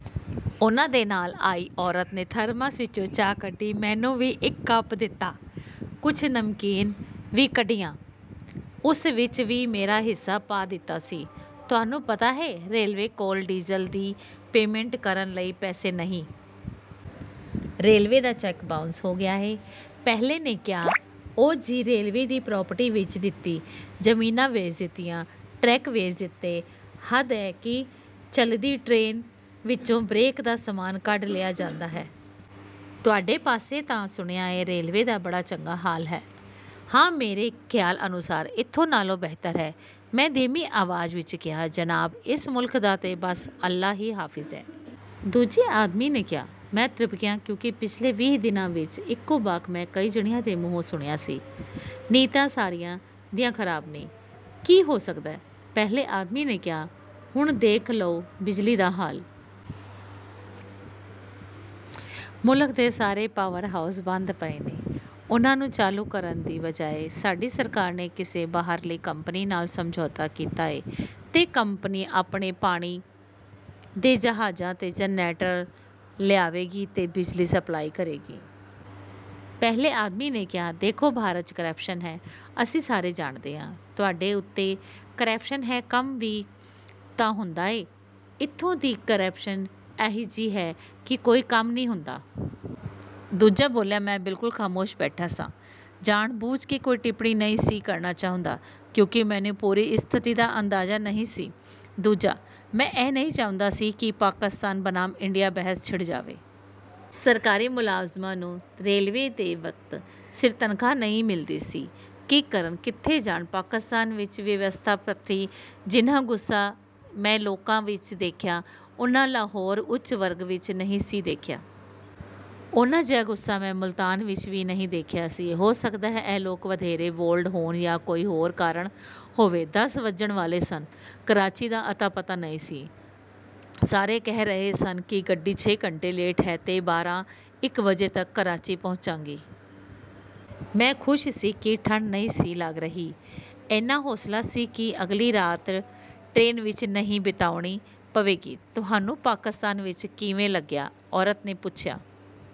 ਉਹਨਾਂ ਦੇ ਨਾਲ ਆਈ ਔਰਤ ਨੇ ਥਰਮਸ ਵਿਚੋਂ ਚਾਹ ਕੱਢੀ। ਮੈਨੂੰ ਵੀ ਇੱਕ ਕੱਪ ਦਿੱਤਾ। ਕੁਝ ਨਮਕੀਨ ਵੀ ਕੱਢਿਆ। ਉਸ ਵਿੱਚ ਵੀ ਮੇਰਾ ਹਿੱਸਾ ਪਾ ਦਿੱਤਾ ਸੀ। "ਤੁਹਾਨੂੰ ਪਤਾ ਏ... ਰੇਲਵੇ ਕੋਲ ਡੀਜ਼ਲ ਦੀ ਪੇਮੈਂਟ ਕਰਨ ਲਈ ਪੈਸੇ ਨਹੀਂ... ਰੇਲਵੇ ਦਾ ਚੈੱਕ ਬਾਊਂਸ ਹੋ ਗਿਆ ਏ।" ਪਹਿਲੇ ਨੇ ਕਿਹਾ। "ਓ ਜੀ, ਰੇਲਵੇ ਦੀ ਪ੍ਰਾਪਰਟੀ ਵੇਚ ਦਿੱਤੀ, ਜ਼ਮੀਨਾਂ ਵੇਚ ਦਿੱਤੀਆਂ... ਟਰੈਕ ਵੇਚ ਦਿੱਤੇ।" "ਹੱਦ ਐ ਕਿ ਚੱਲਦੀ ਟਰੇਨ ਵਿੱਚੋਂ ਬਰੇਕ ਦਾ ਸਾਮਾਨ ਕੱਢ ਲਿਆ ਜਾਂਦਾ ਏ।" "ਤੁਹਾਡੇ ਪਾਸੇ ਤਾਂ ਸੁਣਿਆ ਏ ਰੇਲਵੇ ਦਾ ਬੜਾ ਚੰਗਾ ਹਾਲ ਏ।" "ਹਾਂ... ਮੇਰੇ ਖ਼ਿਆਲ ਅਨੁਸਾਰ... ਇੱਥੋਂ ਨਾਲੋਂ ਬਿਹਤਰ ਏ।" ਮੈਂ ਧੀਮੀ ਆਵਾਜ਼ ਵਿੱਚ ਕਿਹਾ। "ਜਨਾਬ, ਇਸ ਮੁਲਕ ਦਾ ਤਾਂ ਬਸ ਅੱਲਾਹ ਹੀ ਹਾਫ਼ਿਜ਼ ਹੈ।" ਦੂਜੇ ਆਦਮੀ ਨੇ ਕਿਹਾ। ਮੈਂ ਤ੍ਰਬਕਿਆ ਕਿਉਂਕਿ ਪਿਛਲੇ ਵੀਹ ਦਿਨਾਂ ਵਿੱਚ ਇਹੋ ਵਾਕ ਮੈਂ ਕਈ ਜਣਿਆਂ ਦੇ ਮੂੰਹੋਂ ਸੁਣਿਆ ਸੀ। "ਨੀਅਤਾਂ ਸਾਰਿਆਂ ਦੀਆਂ ਖ਼ਰਾਬ ਨੇ... ਕੀ ਹੋ ਸਕਦਾ।" ਪਹਿਲੇ ਆਦਮੀ ਨੇ ਕਿਹਾ-- "ਹੁਣ ਦੇਖ ਲਓ ਬਿਜਲੀ ਦਾ ਹਾਲ... ਮੁਲਕ ਦੇ ਸਾਰੇ ਪਾਵਰ ਹਾਊਸ ਬੰਦ ਪਏ ਨੇ। ਉਹਨਾਂ ਨੂੰ ਚਾਲੂ ਕਰਨ ਦੀ ਬਜਾਏ ਸਾਡੀ ਸਰਕਾਰ ਨੇ ਕਿਸੇ ਬਾਹਰਲੀ ਕੰਪਨੀ ਨਾਲ ਸਮਝੌਤਾ ਕੀਤਾ ਏ ਤੇ ਕੰਪਨੀ ਆਪਣੇ ਪਾਣੀ ਦੇ ਜਹਾਜ਼ਾਂ 'ਤੇ ਜਨਰੇਟਰ ਲਿਆਏਗੀ ਤੇ ਬਿਜਲੀ ਸਪਲਾਈ ਕਰੇਗੀ।" ਪਹਿਲੇ ਆਦਮੀ ਨੇ ਕਿਹਾ। "ਦੇਖੋ... ਭਾਰਤ 'ਚ ਕਰਪਸ਼ਨ ਹੈ... ਅਸੀਂ ਸਾਰੇ ਜਾਣਦੇ ਆਂ... ਤੁਹਾਡੇ ਉੱਥੇ ਕਰਪਸ਼ਨ ਹੈ ਤਾਂ ਕੰਮ ਵੀ ਤਾਂ ਹੁੰਦਾ ਏ। ਇੱਥੋਂ ਦੀ ਕਰਪਸ਼ਨ ਅਜਿਹੀ ਹੈ ਕਿ ਕੋਈ ਕੰਮ ਈ ਨਹੀਂ ਹੁੰਦਾ।" ਦੂਜਾ ਬੋਲਿਆ। ਮੈਂ ਬਿਲਕੁਲ ਖ਼ਾਮੋਸ਼ ਬੈਠਾ ਸਾਂ। ਜਾਣ-ਬੁੱਝ ਕੇ ਕੋਈ ਟਿੱਪਣੀ ਨਹੀਂ ਸਾਂ ਕਰਨਾ ਚਾਹੁੰਦਾ, ਕਿਉਂਕਿ ਮੈਨੂੰ ਪੂਰੀ ਸਥਿਤੀ ਦਾ ਅੰਦਾਜ਼ਾ ਨਹੀਂ ਸੀ। ਦੂਜਾ, ਮੈਂ ਇਹ ਨਹੀਂ ਚਾਹੁੰਦਾ ਸਾਂ ਕਿ ਪਾਕਿਸਤਾਨ ਬਨਾਮ ਇੰਡੀਆ ਬਹਿਸ ਛਿੜ ਜਾਵੇ। "ਸਰਕਾਰੀ ਮੁਲਾਜ਼ਮਾਂ ਨੂੰ... ਮਤਲਬ ਰੇਲਵੇ ਦੇ... ਵਕਤ ਸਿਰ ਤਨਖ਼ਾਹ ਨਹੀਂ ਮਿਲਦੀ। ਕੀ ਕਰਨ? ਕਿੱਥੇ ਜਾਣ?" ਪਾਕਿਸਤਾਨ ਦੀ ਵਿਵਸਥਾ ਪ੍ਰਤੀ ਜਿੰਨਾ ਗੁੱਸਾ ਮੈਂ ਇਹਨਾਂ ਲੋਕਾਂ ਵਿੱਚ ਦੇਖਿਆ, ਓਨਾ ਲਾਹੌਰ ਦੇ ਉੱਚ ਵਰਗ ਵਿੱਚ ਨਹੀਂ ਸੀ ਦੇਖਿਆ। ਓਹੋ ਜਿਹਾ ਗੁੱਸਾ ਮੈਂ ਮੁਲਤਾਨ ਵਿੱਚ ਵੀ ਨਹੀਂ ਦੇਖਿਆ ਸੀ। ਹੋ ਸਕਦਾ ਹੈ, ਇਹ ਲੋਕ ਵਧੇਰੇ 'ਬੋਲਡ' ਹੋਣ ਜਾਂ ਕੋਈ ਹੋਰ ਕਾਰਨ ਹੋਵੇ। ਦਸ ਵੱਜਣ ਵਾਲੇ ਸਨ। ਕਰਾਚੀ ਦਾ ਅਤਾ-ਪਤਾ ਨਹੀਂ ਸੀ। ਸਾਰੇ ਕਹਿ ਰਹੇ ਸਨ ਕਿ ਗੱਡੀ ਛੇ ਘੰਟੇ ਲੇਟ ਹੈ ਤੇ ਬਾਰਾਂ, ਇੱਕ ਵਜੇ ਤੱਕ ਕਰਾਚੀ ਪਹੁੰਚਾਂਗੀ। ਮੈਂ ਖ਼ੁਸ਼ ਸੀ ਕਿ ਠੰਡ ਨਹੀਂ ਸੀ ਲੱਗ ਰਹੀ। ਏਨਾ ਹੌਸਲਾ ਸੀ ਕਿ ਅਗਲੀ ਰਾਤ ਟਰੇਨ ਵਿੱਚ ਨਹੀਂ ਬਿਤਾਉਣੀ ਪਵੇਗੀ। "ਤੁਹਾਨੂੰ ਪਾਕਿਸਤਾਨ ਵਿੱਚ ਕਿਵੇਂ ਲੱਗਿਆ?" ਔਰਤ ਨੇ ਪੁੱਛਿਆ।